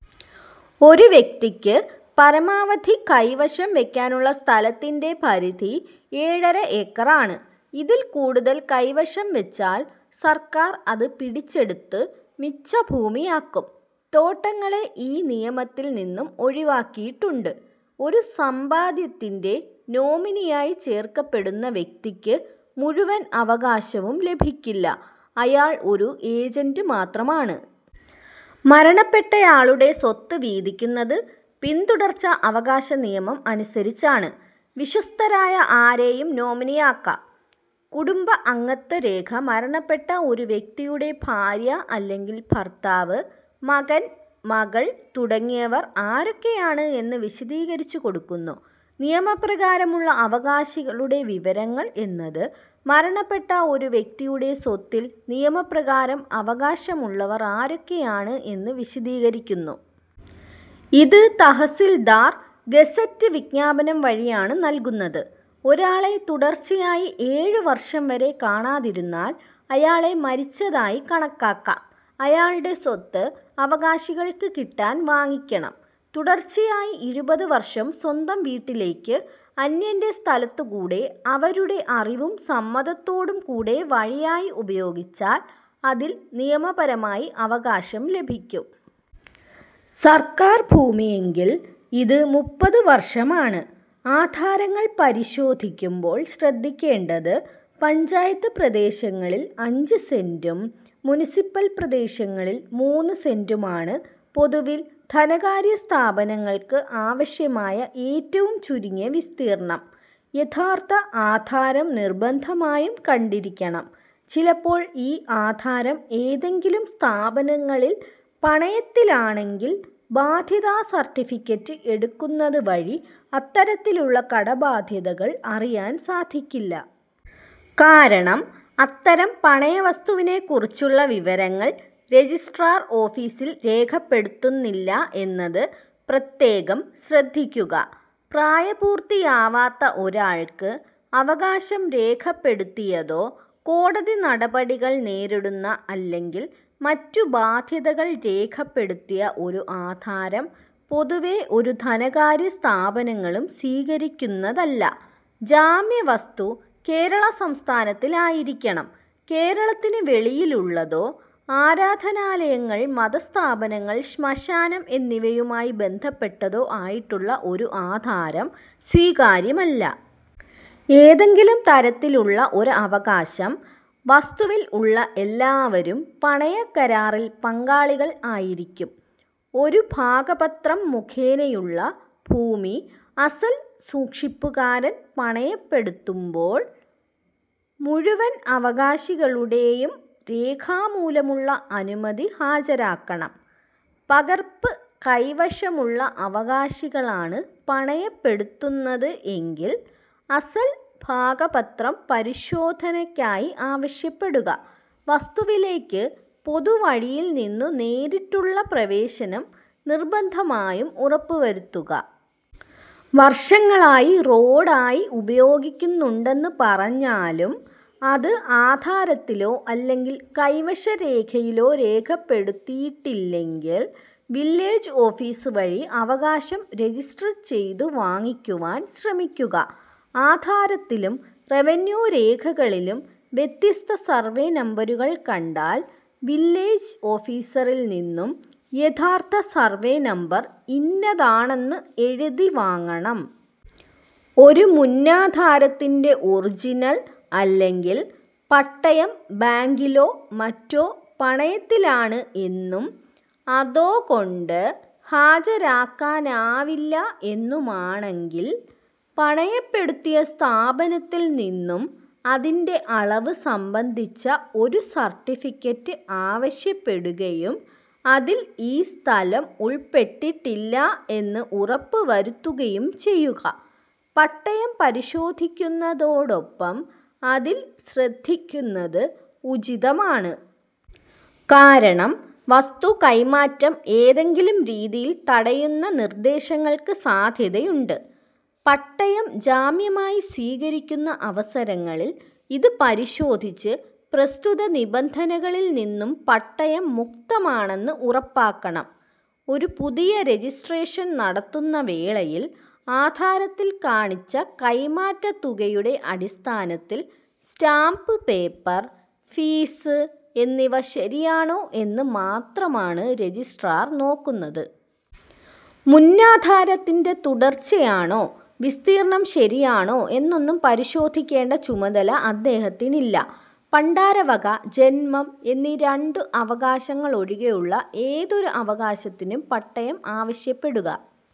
ഒരു വ്യക്തിക്ക് പരമാവധി കൈവശം വെക്കാനുള്ള സ്ഥലത്തിന്റെ പരിധി ഏഴര ഏക്കറാണ്. ഇതിൽ കൂടുതൽ കൈവശം വെച്ചാൽ സർക്കാർ അത് പിടിച്ചെടുത്ത് മിച്ചഭൂമിയാക്കും. തോട്ടങ്ങളെ ഈ നിയമത്തിൽ നിന്നും ഒഴിവാക്കിയിട്ടുണ്ട്. ഒരു സമ്പാദ്യത്തിന്റെ നോമിനിയായി ചേർക്കപ്പെടുന്ന വ്യക്തിക്ക് മുഴുവൻ അവകാശവും ലഭിക്കില്ല. അയാൾ ഒരു എജന്റ് മാത്രമാണ്. മരണപ്പെട്ടയാളുടെ സ്വത്ത് വീതിക്കുന്നത് പിന്തുടർച്ച അവകാശ നിയമം അനുസരിച്ചാണ്. വിശ്വസ്തരായ ആരെയും നോമിനിയാക്കം. കുടുംബ അംഗത്വ രേഖ മരണപ്പെട്ട ഒരു വ്യക്തിയുടെ ഭാര്യ അല്ലെങ്കിൽ ഭർത്താവ്, മകൻ, മകൾ തുടങ്ങിയവർ ആരൊക്കെയാണ് എന്ന് വിശദീകരിച്ചു കൊടുക്കുന്നു. നിയമപ്രകാരമുള്ള അവകാശികളുടെ വിവരങ്ങൾ എന്നത് മരണപ്പെട്ട ഒരു വ്യക്തിയുടെ സ്വത്തിൽ നിയമപ്രകാരം അവകാശമുള്ളവർ ആരൊക്കെയാണ് എന്ന് വിശദീകരിക്കുന്നു. ഇത് തഹസിൽദാർ, ഗസറ്റ് വിജ്ഞാപനം വഴിയാണ് നൽകുന്നത്. ഒരാളെ തുടർച്ചയായി ഏഴു വർഷം വരെ കാണാതിരുന്നാൽ അയാളെ മരിച്ചതായി കണക്കാക്കാം. അയാളുടെ സ്വത്ത് അവകാശികൾക്ക് കിട്ടാൻ വാങ്ങിക്കണം. തുടർച്ചയായി ഇരുപതുവർഷം സ്വന്തം വീട്ടിലേക്കു അന്യന്റെ സ്ഥലത്തുകൂടെ അവരുടെ അറിവും സമ്മതത്തോടും കൂടെ വഴിയായി ഉപയോഗിച്ചാൽ അതിൽ നിയമപരമായി അവകാശം ലഭിക്കും. സർക്കാർ ഭൂമിയെങ്കിൽ ഇത് മുപ്പതു വർഷമാണ്. ആധാരങ്ങൾ പരിശോധിക്കുമ്പോൾ ശ്രദ്ധിക്കേണ്ടത് പഞ്ചായത്ത് പ്രദേശങ്ങളിൽ അഞ്ച് സെന്റും മുനിസിപൽ പ്രദേശങ്ങളിൽ മൂന്ന് സെന്റുമാണ് പൊതുവിൽ ധനകാര്യ സ്ഥാപനങ്ങൾക്ക് ആവശ്യമായ ഏറ്റവും ചുരുങ്ങിയ വിസ്തീർണ്ണം. യഥാർഥ ആധാരം നിർബന്ധമായും കണ്ടിരിക്കണം. ചിലപ്പോൾ ഈ ആധാരം ഏതെങ്കിലും സ്ഥാപനങ്ങളിൽ പണയത്തിലാണെങ്കിൽ ബാദ്ധ്യതാ സർട്ടിഫിക്കറ്റ് എടുക്കുന്നത് വഴി അത്തരത്തിലുള്ള കടബാദ്ധ്യതകൾ അറിയാൻ സാധിക്കില്ല. കാരണം അത്തരം പണയവസ്തുവിനെക്കുറിച്ചുള്ളവിവരങ്ങൾ രജിസ്ട്രാർ ഓഫീസിൽ രേഖപ്പെടുത്തുന്നില്ല എന്നത് പ്രത്യേകം ശ്രദ്ധിക്കുക .പ്രായപൂർത്തിയാവാത്ത ഒരാൾക്ക് അവകാശം രേഖപ്പെടുത്തിയതോ കോടതി നടപടികൾ നേരിടുന്ന അല്ലെങ്കിൽ മറ്റു ബാദ്ധ്യതകൾ രേഖപ്പെടുത്തിയ ഒരു ആധാരം പൊതുവേ ഒരു ധനകാര്യ സ്ഥാപനങ്ങളും സ്വീകരിക്കുന്നതല്ല. ജാമ്യ വസ്തു കേരള സംസ്ഥാനത്തിൽ ആയിരിക്കണം. കേരളത്തിന് വെളിയിലുള്ളതോ ആരാധാനാലയങ്ങൾ മതസ്ഥാപനങ്ങൾ ശ്മശാനം എന്നിവയുമായി ബന്ധപ്പെട്ടതോ ആയിട്ടുള്ള ഒരു ആധാരം സ്വീകാര്യമല്ല. ഏതെങ്കിലും തരത്തിലുള്ള ഒരവകാശം വസ്തുവിൽ ഉള്ള എല്ലാവരും പണയ കരാറിൽ പങ്കാളികൾ ആയിരിക്കും. ഒരു ഭാഗപത്രം മുഖേനയുള്ള ഭൂമി അസ്സൽ സൂക്ഷിപ്പുകാരൻ പണയപ്പെടുതുമ്പോൾ, മുഴുവൻ അവകാശികളുടെയും രേഖാമൂലമുള്ള അനുമതി ഹാജരാക്കണം. പകർപ്പ് കൈവശമുള്ള അവകാശികളാണ് പണയപ്പെടുത്തുന്നത് എങ്കിൽ, അസൽ ഭാഗപത്രം പരിശോധനക്കായി ആവശ്യപ്പെടുക. വസ്തുവിലേക്ക് പൊതുവഴിയിൽ നിന്നു നേരിട്ടുള്ള പ്രവേശനം നിർബന്ധമായും ഉറപ്പു വരുത്തുക. വർഷങ്ങളായി റോഡ് ആയി ഉപയോഗിക്കുന്നുണ്ടെന്ന് പറഞ്ഞാലും, അത് ആധാരത്തിലോ അല്ലെങ്കിൽ കൈവശ രേഖയിലോ രേഖപ്പെടുതിയിട്ടില്ലെങ്കിൽ വില്ലേജ് ഓഫീസ് വഴി അവകാശം രജിസ്റ്റർ ചെയ്തു വാങ്ങിക്കുവാൻ ശ്രമിക്കുക. ആധാരത്തിലും റവന്യൂ രേഖകളിലും വ്യത്യസ്ത സർവേ നമ്പരുകൾ കണ്ടാൽ, വില്ലേജ് ഓഫീസറിൽ നിന്നും യഥാർത്ഥ സർവ്വേ നമ്പർ ഇന്നതാണെന്നു എഴുതി വാങ്ങണം. ഒരു മുന്നാധാരത്തിന്റെേ ഒറിജിനൽ അല്ലെങ്കിൽ പട്ടയം ബാങ്കിലോ മറ്റോ പണയത്തിലാണ് എന്നും അതൊകൊണ്ട് ഹാജരാക്കാനാവില്ല എന്നുമാണങ്കിൽ, പണയപ്പെടുത്തിയ സ്ഥാപനത്തിൽ നിന്നും അതിന്റെ അളവ് സംബന്ധിച്ച ഒരു സർട്ടിഫിക്കറ്റ് ആവശ്യപ്പെടുകയും, അതിൽ ഈ സ്ഥലം ഉൾപ്പെട്ടിട്ടില്ല എന്ന് ഉറപ്പു വരുത്തുകയും ചെയ്യുക. പട്ടയം പരിശോധിക്കുന്നതോടൊപ്പം അതിൽ ശ്രദ്ധിക്കുന്നത് ഉചിതമാണ്. കാരണം വസ്തു കൈമാറ്റം ഏതെങ്കിലും രീതിയിൽ തടയുന്ന നിർദ്ദേശങ്ങൾക്ക് സാധ്യതയുണ്ട്. പട്ടയം ജാമ്യമായി സ്വീകരിക്കുന്ന അവസരങ്ങളിൽ ഇത് പരിശോധിച്ച് പ്രസ്തുത നിബന്ധനകളിൽ നിന്നും പട്ടയം മുക്തമാണെന്ന് ഉറപ്പാക്കണം. ഒരു പുതിയ രജിസ്ട്രേഷൻ നടത്തുന്ന വേളയിൽ, ആധാരത്തിൽ കാണിച്ച കൈമാറ്റതുകയുടെ അടിസ്ഥാനത്തിൽ സ്റ്റാമ്പ് പേപ്പർ, ഫീസ് എന്നിവ ശരിയാണോ എന്ന് മാത്രമാണ് രജിസ്ട്രാർ നോക്കുന്നത്. മുന്നാധാരത്തിന്റെ തുടർച്ചയാണോ, വിസ്തീർണ്ണം ശരിയാണോ എന്നൊന്നും പരിശോധിക്കേണ്ട ചുമതല അദ്ദേഹത്തിനില്ല. പണ്ടാരവക, ജന്മം എന്നീ രണ്ടു അവകാശങ്ങൾ ഒഴികെയുള്ള ഏതൊരു അവകാശത്തിനും പട്ടയം ആവശ്യപ്പെടുക.